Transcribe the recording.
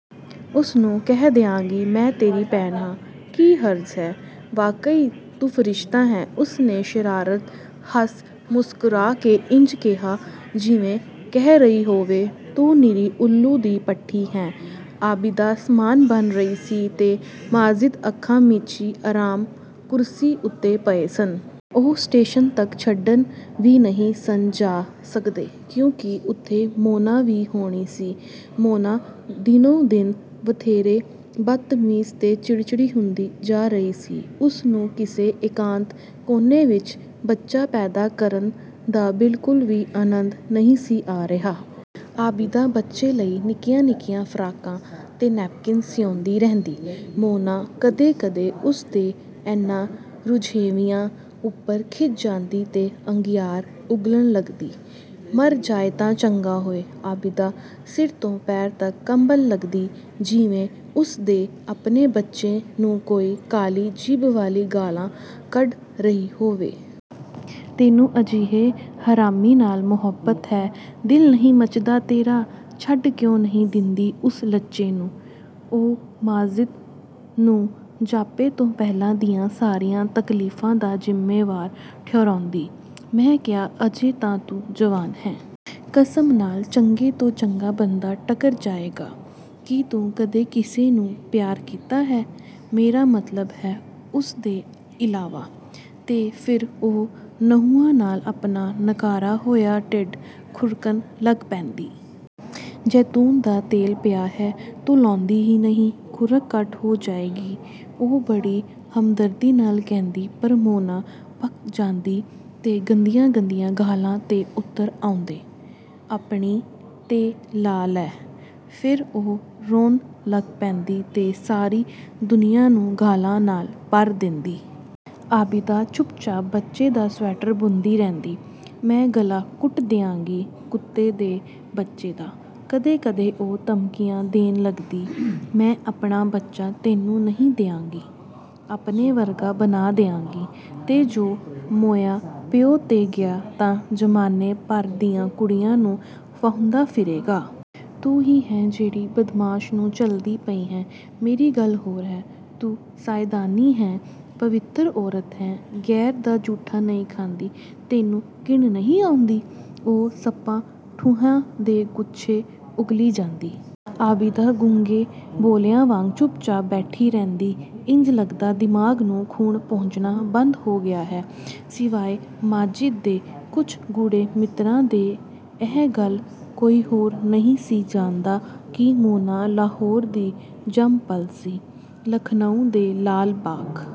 "ਉਸਨੂੰ ਕਹਿ ਦਿਆਂਗੀ, ਮੈਂ ਤੇਰੀ ਭੈਣ ਹਾਂ।" "ਕੀ ਹਰਜ਼ ਹੈ।" "ਵਾਕਈ ਤੂੰ ਫਰਿਸ਼ਤਾ ਹੈਂ।" ਉਸਨੇ ਸ਼ਰਾਰਤ ਵੱਸ ਮੁਸਕਰਾ ਕੇ ਇੰਜ ਕਿਹਾ ਜਿਵੇਂ ਕਹਿ ਰਹੀ ਹੋਵੇ, 'ਤੂੰ ਨਿਰੀ ਊੱਲੂ ਦੀ ਪੱਠੀ ਹੈਂ।'ਆਬਿਦਾ ਸਾਮਾਨ ਬੰਨ੍ਹ ਰਹੀ ਸੀ ਤੇ ਮਾਜਿਦ ਅੱਖਾਂ ਮੀਚੀ ਆਰਾਮ ਕੁਰਸੀ ਉੱਤੇ ਪਏ ਸਨ। ਉਹ ਸਟੇਸ਼ਨ ਤੱਕ ਛੱਡਣ ਵੀ ਨਹੀਂ ਸਨ ਜਾ ਸਕਦੇ, ਕਿਉਂਕਿ ਉੱਥੇ ਮੋਨਾ ਵੀ ਹੋਣੀ ਸੀ। ਮੋਨਾ ਦਿਨੋਂ-ਦਿਨ ਵਧੇਰੇ ਬਦਤਮੀਜ਼ ਤੇ ਚਿੜਚਿੜੀ ਹੁੰਦੀ ਜਾ ਰਹੀ ਸੀ। ਉਸਨੂੰ ਕਿਸੇ ਇਕਾਂਤ ਕੋਨੇ ਵਿੱਚ ਬੱਚਾ ਪੈਦਾ ਕਰਨ ਦਾ ਬਿਲਕੁਲ ਵੀ ਆਨੰਦ ਨਹੀਂ ਸੀ ਆ ਰਿਹਾ। ਆਬਿਦਾ ਬੱਚੇ ਲਈ ਨਿੱਕੀਆਂ-ਨਿੱਕੀਆਂ ਫਰਾਕਾਂ ਤੇ ਨੇਪਕਿਨ ਸਿਉਂਦੀ ਰਹਿੰਦੀ। ਮੋਨਾ ਕਦੇ-ਕਦੇ ਉਸਦੇ ਇਹਨਾਂ ਰੁਝੇਵਿਆਂ ਉੱਪਰ ਖਿਝ ਜਾਂਦੀ ਤੇ ਅੰਗਿਆਰ ਉਗਲਣ ਲੱਗਦੀ, "ਮਰ ਜਾਏ ਤਾਂ ਚੰਗਾ ਹੋਵੇ।" ਆਬਿਦਾ ਸਿਰ ਤੋਂ ਪੈਰਾਂ ਤੱਕ ਕੰਬਣ ਲੱਗਦੀ ਜਿਵੇਂ, ਉਸਦੇ ਆਪਣੇ ਬੱਚੇ ਨੂੰ ਕੋਈ ਕਾਲੀ ਜੀਭ ਵਾਲੀ ਗਾਲ੍ਹਾਂ ਕੱਢ ਰਹੀ ਹੋਵੇ। "ਤੈਨੂੰ ਅਜਿਹੇ ਹਰਾਮੀ ਨਾਲ ਮੁਹੱਬਤ ਹੈ? ਦਿਲ ਨਹੀਂ ਮੱਚਦਾ ਤੇਰਾ? ਛੱਡ ਕਿਉਂ ਨਹੀਂ ਦਿੰਦੀ ਉਸ ਲੱਚੇ ਨੂੰ...?" ਉਹ ਮਾਜਿਦ ਨੂੰ ਜਾਪੇ ਤੋਂ ਪਹਿਲਾਂ ਦੀਆਂ ਸਾਰੀਆਂ ਤਕਲੀਫ਼ਾਂ ਦਾ ਜ਼ਿੰਮੇਵਾਰ ਠਹਿਰਾਉਂਦੀ, "ਮੈਂ ਕਿਹਾ ਅਜੇ ਤਾਂ ਤੂੰ ਜਵਾਨ ਹੈਂ। ਕਸਮ ਨਾਲ ਚੰਗੇ ਤੋਂ ਚੰਗਾ ਬੰਦਾ ਟੱਕਰ ਜਾਏਗਾ। ਕੀ ਤੂੰ ਕਦੇ ਕਿਸੇ ਨੂੰ ਪਿਆਰ ਕੀਤਾ ਹੈ? ਮੇਰਾ ਮਤਲਬ ਹੈ ਉਸਦੇ ਇਲਾਵਾ..." ਤੇ ਫਿਰ ਉਹ ਨਹੁੰਆਂ ਨਾਲ ਆਪਣਾ ਨਕਾਰਾ ਹੋਇਆ ਢਿੱਡ ਖੁਰਕਣ ਲੱਗ ਪੈਂਦੀ। "ਜੈਤੂਨ ਦਾ ਤੇਲ ਪਿਆ ਹੈ, ਤੂੰ ਲਾਉਂਦੀ ਹੀ ਨਹੀਂ; ਖੁਰਕ ਘੱਟ ਹੋ ਜਾਏਗੀ..." ਉਹ ਬੜੀ ਹਮਦਰਦੀ ਨਾਲ ਕਹਿੰਦੀ ਪਰ ਮੋਨਾ ਭਖ ਜਾਂਦੀ ਤੇ ਗੰਦੀਆਂ-ਗੰਦੀਆਂ ਗਾਲ੍ਹਾਂ 'ਤੇ ਉਤਰ ਆਉਂਦੀ...: "ਆਪਣੀ...'ਤੇ ਲਾ ਲੈ।" ਫਿਰ ਉਹ ਰੋਣ ਲੱਗ ਪੈਂਦੀ ਤੇ ਸਾਰੀ ਦੁਨੀਆਂ ਨੂੰ ਗਾਲ੍ਹਾਂ ਨਾਲ ਭਰ ਦੇਂਦੀ। ਆਬਿਦਾ ਚੁੱਪਚਾਪ ਬੱਚੇ ਦਾ ਸਵੈਟਰ ਬੁਣਦੀ ਰਹਿੰਦੀ। "ਮੈਂ ਗਲਾ ਘੁੱਟ ਦਿਆਂਗੀ ਕੁੱਤੇ ਦੇ ਬੱਚੇ ਦਾ," ਕਦੇ-ਕਦੇ ਉਹ ਧਮਕੀਆਂ ਦੇਣ ਲੱਗਦੀ, "ਮੈਂ ਆਪਣਾ ਬੱਚਾ ਤੈਨੂੰ ਨਹੀਂ ਦਿਆਂਗੀ। ਆਪਣੇ ਵਰਗਾ ਬਣਾ ਦਿਆਂਗੀ... ਤੇ ਜੇ ਮੋਇਆ ਪਿਓ 'ਤੇ ਗਿਆ ਤਾਂ ਜ਼ਮਾਨੇ ਭਰ ਦੀਆਂ ਕੁੜੀਆਂ ਨੂੰ ਫਾਹੁੰਦਾ ਫਿਰੇਗਾ। ਤੂੰ ਹੀ ਹੈਂ ਜਿਹੜੀ ਬਦਮਾਸ਼ ਨੂੰ ਝੱਲਦੀ ਪਈ ਹੈਂ। ਮੇਰੀ ਗੱਲ ਹੋਰ ਹੈ, ਤੂੰ ਸਈਅਦਾਨੀ ਹੈਂ, ਪਵਿੱਤਰ ਔਰਤ ਹੈਂ, ਗ਼ੈਰ ਦਾ ਜੂਠਾ ਨਹੀਂ ਖਾਂਦੀ... ਤੈਨੂੰ ਘਿਣ ਨਹੀਂ ਆਉਂਦੀ?" ਉਹ ਸੱਪਾਂ-ਠੂੰਹਿਆਂ ਦੇ ਗੁੱਛੇ ਉਗਲੀ ਜਾਂਦੀ। ਆਬਿਦਾ ਗੂੰਗੇ-ਬੋਲਿਆਂ ਵਾਂਗ ਚੁੱਪਚਾਪ ਬੈਠੀ ਰਹਿੰਦੀ। ਇੰਜ ਲੱਗਦਾ, ਦਿਮਾਗ਼ ਨੂੰ ਖੂਨ ਪਹੁੰਚਣਾ ਬੰਦ ਹੋ ਗਿਆ ਹੈ। ਸਿਵਾਏ ਮਾਜਿਦ ਦੇ ਕੁਝ ਗੂੜ੍ਹੇ ਮਿੱਤਰਾਂ ਦੇ ਇਹ ਗੱਲ ਕੋਈ ਹੋਰ ਨਹੀਂ ਸੀ ਜਾਣਦਾ ਕਿ ਮੋਨਾ ਲਾਹੌਰ ਦੀ ਜੰਮ-ਪਲ ਸੀ। ਲਖ਼ਨਊ ਦੇ ਲਾਲ ਬਾਗ